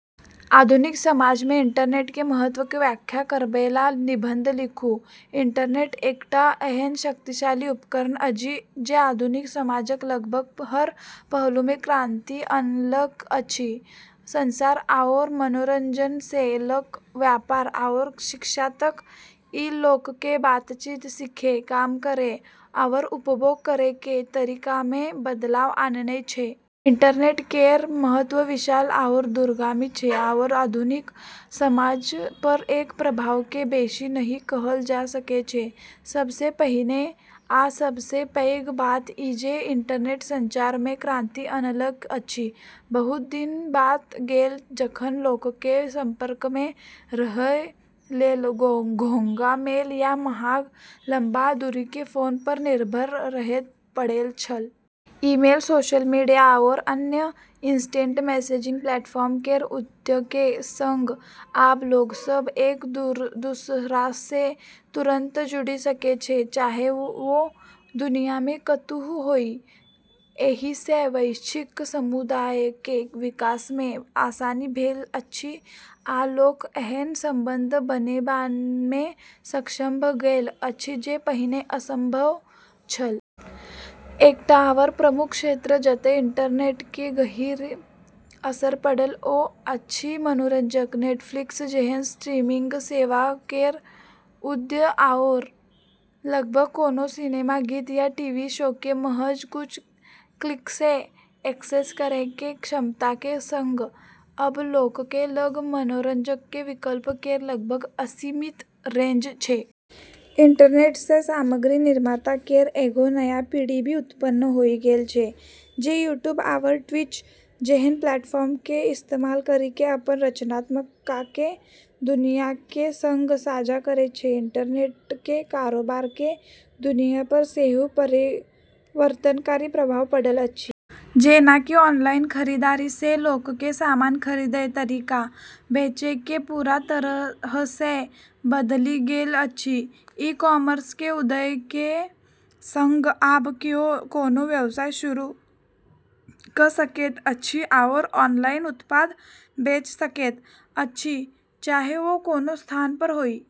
आधुनिक समाजमे इंटरनेटके महत्वके व्याख्या करैबला निबंध लिखु । इंटरनेट एकटा एहन शक्तिशाली उपकरण अछि जे आधुनिक समाजक लगभग हर पहलूमे क्रांति अनलक अछि। संचार आओर मनोरंजनसँ ल' क' व्यापार आओर शिक्षा तक, ई लोकके बातचीत, सीखै, काम करै, आओर उपभोग करैके तरीकामे बदलाव आननै छै। इंटरनेट केर महत्व विशाल आओर दूरगामी छै, आओर आधुनिक समाज पर एकर प्रभावके बेशी नहि कहल जा सकै छै। सबसँ पहिने आ सबसँ पैघ बात ई जे इंटरनेट संचारमे क्रांति अनलक अछि। बहुत दिन बीत गेल जखन लोकके संपर्कमे रहय लेल घोंघा मेल या महग लंबा दूरीके फोन पर निर्भर रहय पड़ैत छल। ईमेल, सोशल मीडिया, आओर अन्य इंस्टेंट मैसेजिंग प्लेटफॉर्म केर उदयके सङ्ग आब लोकसब एक-दूसरासँ तुरंत जुड़ि सकै छै, चाहे ओ दुनियामे कतहुँ होइ। एहिसँ वैश्विक समुदायके विकासमे आसानी भेल अछि आ लोक एहन संबंध बनेबामे सक्षम भ' गेल अछि जे पहिने असंभव छल। एकटा आओर प्रमुख क्षेत्र जतय इंटरनेटके गहीँर असर पड़ल ओ अछि मनोरंजन। नेटफ्लिक्स जेहन स्ट्रीमिंग सेवा केर उदय आओर लगभग कोनो सिनेमा, गीत, या टीवी शोके महज कुछ क्लिकसँ एक्सेस करैके क्षमताके सङ्ग, आब लोकके लग मनोरंजनके विकल्प केर लगभग असीमित रेंज छै। इंटरनेटसँ सामग्री निर्माता केर एगो नया पीढ़ी भी उत्पन्न होइ गेल छै, जे यूट्यूब आओर ट्विच जेहन प्लेटफॉर्मके इस्तेमाल करिके अपन रचनात्मकताके दुनियाके सङ्ग साझा करै छै। इंटरनेटके कारोबारके दुनिया पर सेहो परिवर्तनकारी प्रभाव पड़ल अछि। जेना कि ऑनलाइन खरीदारीसँ लोकके सामान खरीदय- तरीका बेचैके पूरा तरहसँ बदलि गेल अछि। ई-कॉमर्सके उदयके सङ्ग आब किओ कोनो व्यवसाय शुरू क' सकैत अछि आओर ऑनलाइन उत्पाद बेच सकैत अछि, चाहे ओ कोनो स्थान पर होइ ।